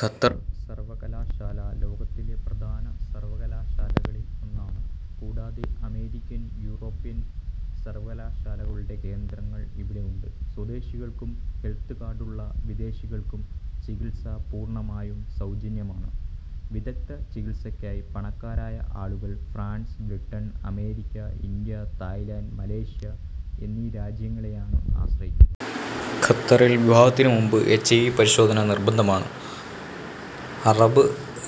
Qatar സർവ്വകലാശാല ലോകത്തിലെ പ്രധാന സർവകലാശാലകളിൽ ഒന്നാണ്. കൂടാതെ അമേരിക്കൻ, യൂറോപ്യൻ സർവകലാശാലകളുടെ കേന്ദ്രങ്ങൾ ഇവിടെ ഉണ്ട്. സ്വദേശികൾക്കും ഹെൽത്ത് കാർഡുള്ള വിദേശികൾക്കും ചികിത്സ പൂർണ്ണമായും സൗജന്യമാണ്. വിദഗ്ദ്ധ ചികിത്സക്കായി പണക്കാരായ ആളുകൾ France, Britain, America, India, Thailand, Malaysia എന്നീ രാജ്യങ്ങളെയാണു ആശ്രയിക്കുന്നത്. ഖത്തറിൽ വിവാഹത്തിനു മുമ്പു എച്. ഐ. വി. പരിശോധന നിർബന്ധമാണ്. അറബ്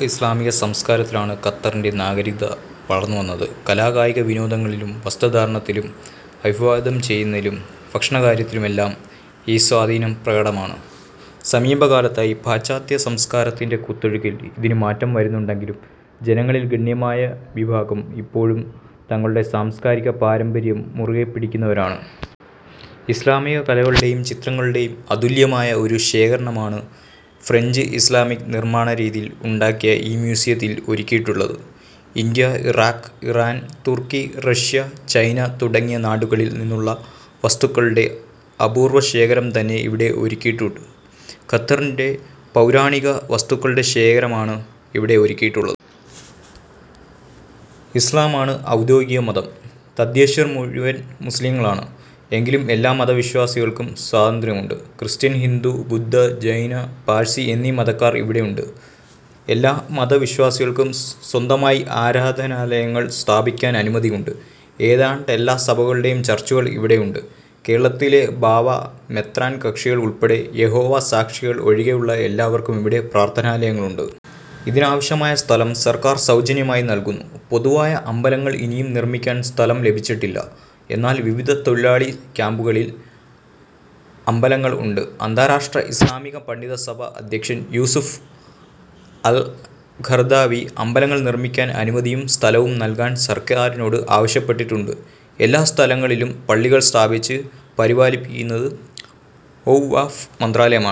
ഇസ്ലാമിക സംസകാരത്തിലാണു ഖത്തറിന്റെ നാഗരികത വളർന്നുവന്നത്. കലാ കായിക വിനോദങ്ങളിലും, വസ്ത്രധാരണത്തിലും, അഭിവാദ്യം ചെയ്യുന്നതിലും, ഭക്ഷണകാര്യത്തിലുമെല്ലാം ഈ സ്വാധീനം പ്രകടമാണ്. സമീപ കാലത്തായി പശ്ചാത്യ സംസകാരത്തിന്റെ കുത്തൊഴുക്കിൽ ഇതിനു മാറ്റം വരുന്നുണ്ടെങ്കിലും ജനങ്ങളിൽ ഗണ്യമായ വിഭാഗം ഇപ്പോഴും തങ്ങളുടെ സാംസ്കാരിക പാരമ്പര്യം മുറുകെ പിടിക്കുന്നവരാണ്. ഇസ്ലാമിക കലകളുടെയും, ചിത്രങ്ങളുടെയും അതുല്യമായ ഒരു ശേഖരണമാണു ഫ്രെഞ്ച് ഇസ്ലാമിക് നിർമ്മാണ രീതിയിൽ ഉണ്ടാക്കിയ ഈ മ്യൂസിയത്തിൽ ഒരുക്കിയിട്ടുള്ളതു. ഇന്ത്യ, ഇറാഖ്, ഇറാൻ, തുർക്കി, റഷ്യ, ചൈന തുടങ്ങിയ നാടുകളിൽ നിന്നുള്ള വസ്തുക്കളുടെ അപൂർവശേഖരം തന്നെ ഇവിടെ ഒരുക്കിയിട്ടുണ്ട്. ഖത്തറിന്റെ പൗരാണിക വസ്തുക്കളുടെ ശേഖരണമാണു ഇവിടെ ഒരുക്കിയിട്ടുള്ളത്. ഇസ്ലാമാണു ഔദ്യോഗിക മതം. തദ്ദേശിയർ മുഴുവൻ മുസ്ലിംകളാണ്. എങ്കിലും എല്ലാ മതവിശ്വാസികൾക്കും സ്വാതന്ത്ര്യമുണ്ട്. ക്രിസ്ത്യൻ, ഹിന്ദു, ബുദ്ധ, ജൈന, പാർസി എന്നീ മതക്കാർ ഇവിടെയുണ്ട്. എല്ലാ മത വിശ്വാസികൾക്കും സ്വന്തമായി ആരാധനാലയങ്ങൾ സ്ഥാപിക്കാൻ അനുമതിയുണ്ട്. ഏതാണ്ടെല്ലാ സഭക്കളുടെയും ചർച്ചുകൾ ഇവിടെയുണ്ട്. കേരളത്തിലെ ബാവ, മെത്രാൻ കക്ഷികൾ ഉൾപ്പെടെ യഹോവ സാക്ഷികൾ ഒഴികെയുള്ള എല്ലാവർക്കും ഇവിടെ പ്രാർത്ഥനാലയങ്ങളുണ്ട്. ഇതിനാവശ്യമായ സ്ഥലം സർക്കാർ സൗജന്യമായി നൽകുന്നു. പൊതുവായ അമ്പലങ്ങൾ ഇനിയും നിർമ്മിക്കാൻ സ്ഥലം ലഭിച്ചിട്ടില്ല. എന്നാൽ വിവിധ തൊഴിലാളി ക്യമ്പുകളിൽ അമ്പലങ്ങൾ ഉണ്ട്. അന്താരാഷ്ട്രാ ഇസ്ലാമിക പണ്ഡിതസഭ അധ്യക്ഷൻ യൂസുഫ് അൽ ഖറദാവി അമ്പലങ്ങൾ നിർമ്മിക്കാൻ അനുമതിയും സ്ഥലവും നൽകാൻ സർക്കാരിനോട് ആവശ്യപ്പെട്ടിട്ടുണ്ട്. എല്ലാ സ്ഥലങ്ങളിലും പള്ളികൾ സ്ഥാപിച്ച് പരിപാലിക്കുന്നത് ഔഖാഫ് മന്ത്രാലയമാണ്.